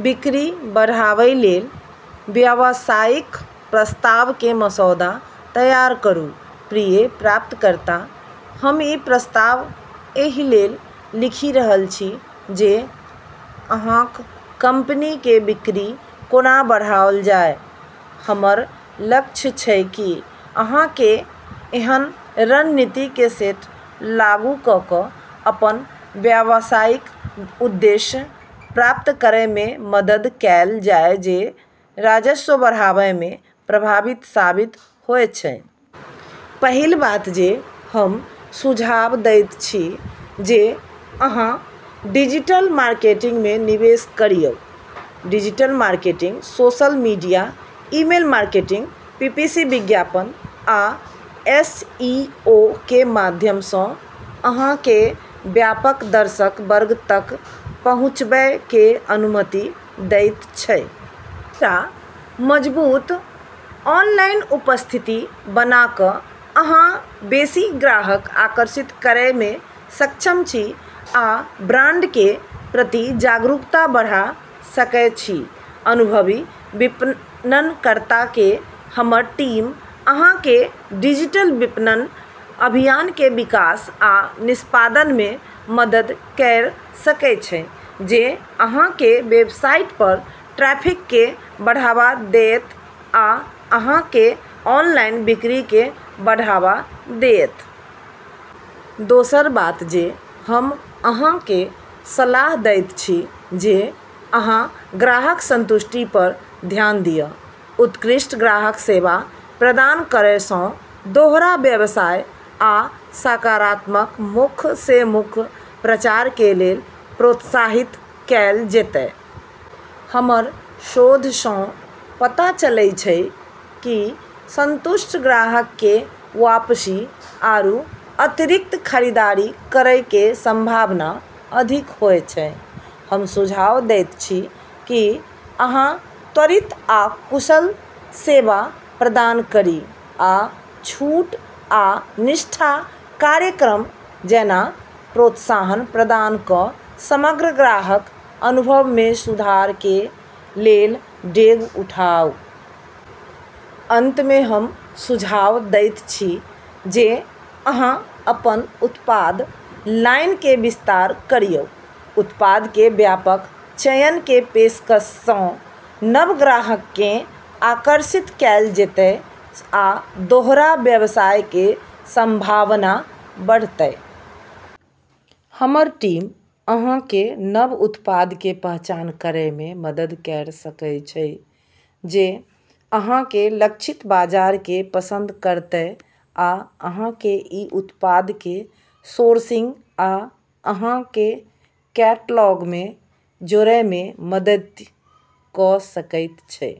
बिक्री बढ़ाबय लेल व्यावसायिक प्रस्ताव के मसौदा तैयार करू:- प्रिय [प्राप्तकर्ता], हम ई प्रस्ताव एहि लेल लिखि रहल छी जे अहाँक कंपनी के बिक्री कोना बढ़ाओल जाय। हमर लक्ष्य छै कि अहाँ केँ एहन रणनीति के सेट लागू कऽ कऽ अपन व्यावसायिक उद्देश्य प्राप्त करय में मदद कएल जाय जे राजस्व बढ़ाबय में प्रभावी साबित होय छै। पहिल बात जे हम सुझाव दैत छी जे अहाँ डिजिटल मार्केटिंग में निवेश करिऔ। Digital marketing social media, email marketing, PPC विज्ञापन, आ एसईओ के माध्यम सँ अहाँ केँ व्यापक दर्शक वर्ग तक पहुँचबय के अनुमति दैत छै। एकटा मजबूत ऑनलाइन उपस्थिति बना कऽ अहाँ बेसि ग्राहक आकर्षित करय में सक्षम छी आ ब्रांड के प्रति जागरूकता बढ़ा सकय छी। अनुभवी विपणनकर्ता के हमर टीम अहाँ केँ डिजिटल विपणन अभियान के विकास आ निष्पादन में मदद कयर सकय छै जे अहाँ के वेबसाइट पर ट्रैफिक के बढ़ावा देयत आ अहाँ के ऑनलाइन बिक्री के बढ़ावा देयत। दोसर बात जे हम अहाँ के सलाह दैत छी जे अहाँ ग्राहक संतुष्टि पर ध्यान दिअ। उत्कृष्ट ग्राहक सेवा प्रदान करय सँ दोहरा व्यवसाय आ सकारात्मक मुख-से-मुख प्रचार के लेल प्रोत्साहित कएल जेतय। हमर शोध सँ पता चलै छै कि संतुष्ट ग्राहक के वापसी आरू अतिरिक्त खरीदारी करै के संभावना अधिक होय छै। हम सुझाव देयत छी की अहाँ त्वरित आ कुशल सेवा प्रदान करी, आ छूट आ निष्ठा कार्यक्रम जैना प्रोत्साहन प्रदान कऽ समग्र ग्राहक अनुभव में सुधार के लेल डेग उठाउ। अंत में हम सुझाव दैत छी जे अहाँ अपन उत्पाद लाइन के विस्तार करिऔ। उत्पाद के व्यापक चयन के पेशकश सँ नव ग्राहक केँ आकर्षित कएल जेतय आ दोहरा व्यवसाय के संभावना बढ़तय। हमर टीम अहाँ केँ नव उत्पाद के पहचान करय में मदद कयर सकय छै जे अहाँ के लक्षित बाजार के पसंद करतय आ अहाँ केँ ई उत्पाद के सोर्सिंग आ अहाँ के कैटलॉग मे जोड़य मे मदति क' सकैत छै।